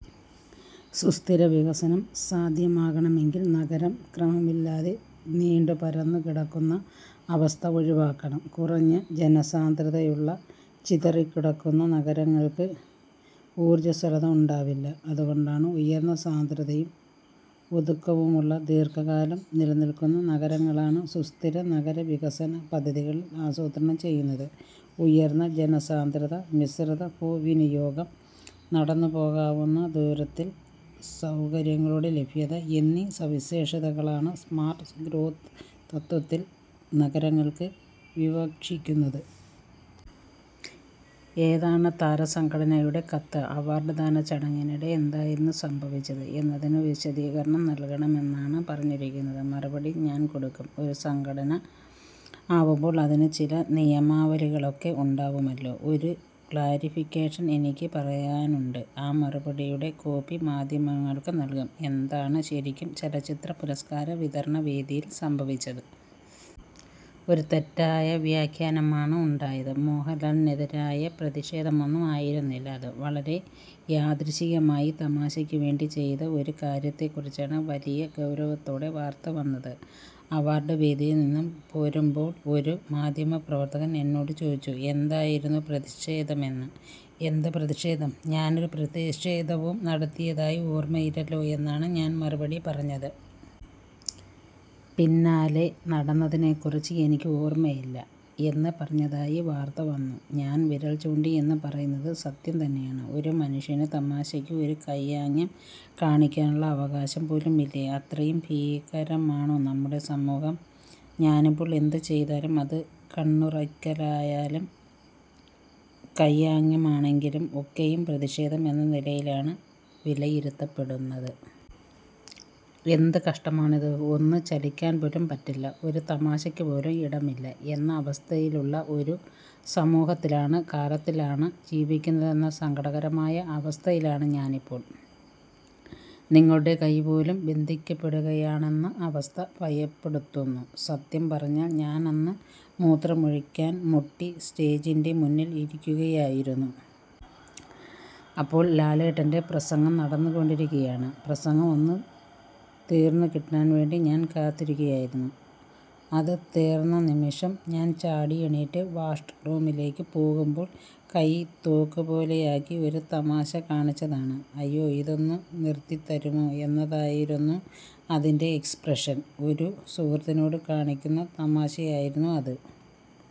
സുസ്ഥിര വികസനം സാധ്യമാകണമെങ്കിൽ നഗരം ക്രമമില്ലാതെ നീണ്ടു പരന്നു കിടക്കുന്ന അവസ്ഥ ഒഴിവാക്കണം. കുറഞ്ഞ ജനസാന്ദ്രതയുള്ള, ചിതറിക്കിടക്കുന്ന നഗരങ്ങൾക്ക് ഊർജസ്വലത ഉണ്ടാവില്ല. അതുകൊണ്ടാണ് ഉയർന്ന സാന്ദ്രതയും ഒതുക്കവുമുള്ള, ദീർഘകാലം നിലനില്ക്കുന്ന നഗരങ്ങളാണ് സുസ്ഥിര നഗരവികസന പദ്ധതികളിൽ ആസൂത്രണം ചെയ്യുന്നത്. ഉയർന്ന ജനസാന്ദ്രത, മിശ്രിത ഭൂവിനിയോഗം, നടന്നുപോകാവുന്ന ദൂരത്തിൽ സൌകര്യങ്ങളുടെ ലഭ്യത എന്നീ സവിശേഷതകളാണ് സ്മാർട്ട് ഗ്രോത്ത് തത്ത്വത്തിൽ നഗരങ്ങൾക്ക് വിവക്ഷിക്കുന്നത്. എന്താണ് താരസംഘടനയുടെ കത്ത്? അവാർഡ്ദാന ചടങ്ങിനിടെ എന്തായിരുന്നു സംഭവിച്ചത് എന്നതിന് വിശദീകരണം നൽകണമെന്നാണ് പറഞ്ഞിരിക്കുന്നത്. മറുപടി ഞാൻ കൊടുക്കും. ഒരു സംഘടന ആവുമ്പോൾ അതിന് ചില നിയമാവലികളൊക്കെ ഉണ്ടാവുമല്ലോ. ഒരു ക്ലാരിഫിക്കേഷൻ എനിക് പറയാനുണ്ട്. ആ മറുപടിയുടെ കോപ്പി മാധ്യമങ്ങൾക്കും നൽകും. എന്താണ് ശരിക്കും ചലച്ചിത്ര പുരസ്കാര വിതരണ വേദിയിൽ സംഭവിച്ചത്? ഒരു തെറ്റായ വ്യാഖ്യാനമാണ് ഉണ്ടായത്. മോഹൻലാലിനെതിരായ പ്രതിഷേധമൊന്നും ആയിരുന്നില്ല അത്. വളരെ യാദൃശ്ചികമായി തമാശയ്ക്ക് വേണ്ടി ചെയ്ത ഒരു കാര്യത്തെക്കുറിച്ചാണ് വലിയ ഗൌരവത്തോടെ വാർത്ത വന്നത്. അവാർഡ് വേദിയിൽ നിന്ന് പോരുമ്പോൾ ഒരു മാധ്യമപ്രവർത്തകൻ എന്നോട് ചോദിച്ചു, എന്തായിരുന്നു പ്രതിഷേധമെന്ന്. എന്ത് പ്രതിഷേധം, ഞാനൊരു പ്രതിഷേധവും നടത്തിയതായി ഓർമ്മയില്ലല്ലോ എന്നാണ് ഞാൻ മറുപടി പറഞ്ഞത്. പിന്നാലെ, നടന്നതിനെക്കുറിച്ച് എനിക്ക് ഓർമ്മയില്ല എന്ന് പറഞ്ഞതായി വാർത്ത വന്നു. ഞാൻ വിരൽ ചൂണ്ടി എന്ന് പറയുന്നത് സത്യം തന്നെയാണ്. ഒരു മനുഷ്യന് തമാശയ്ക്ക് ഒരു കൈയാംഗ്യം കാണിക്കാനുള്ള അവകാശം പോലുമില്ലേ? അത്രയും ഭീകരമാണോ നമ്മുടെ സമൂഹം? ഞാനിപ്പോൾ എന്ത് ചെയ്താലും, അത് കണ്ണിറുക്കലായാലും കൈയാംഗ്യമാണെങ്കിലും ഒക്കെയും പ്രതീഷേധം എന്ന നിലയിലാണ് വിലയിരുത്തപ്പെടുന്നത്. എന്ത് കഷ്ടമാണിത്? ഒന്ന് ചലിക്കാൻ പോലും പറ്റില്ല, ഒരു തമാശയ്ക്ക് പോലും ഇടമില്ല എന്ന അവസ്ഥയിലുള്ള ഒരു സമൂഹത്തിലാണ്, കാലത്തിലാണ് ജീവിക്കുന്നതെന്ന സങ്കടകരമായ അവസ്ഥയിലാണ് ഞാനിപ്പോൾ. നിങ്ങളുടെ കൈ പോലും ബന്ധിക്കപ്പെടുകയാണെന്ന അവസ്ഥ ഭയപ്പെടുത്തുന്നു. സത്യം പറഞ്ഞാൽ ഞാനന്ന് മൂത്രമൊഴിക്കാൻ മുട്ടി സ്റ്റേജിൻറെ മുന്നിൽ ഇരിക്കുകയായിരുന്നു. അപ്പോൾ ലാലേട്ടൻറെ പ്രസംഗം നടന്നുകൊണ്ടിരിക്കുകയാണ്. പ്രസംഗം ഒന്ന് തീർന്നുകിട്ടാൻവേണ്ടി ഞാൻ കാത്തിരിക്കുകയായിരുന്നു. അത് തീർന്നനിമിഷം ഞാൻചാടിയെണീറ്റ് വാഷ് റൂമിലേക്ക് പോകുമ്പോൾ കൈ തോക്ക് പോലെയാക്കി ഒരു തമാശ കാണിച്ചതാണ്. ' അയ്യോ ഇതൊന്ന് നിർത്തിത്തരുമോ ' എന്നതായിരുന്നു അതിൻറെ എക്സ്പ്രഷൻ. ഒരു സുഹൃത്തിനോട് കാണിക്കുന്ന തമാശയായിരുന്നു അത്.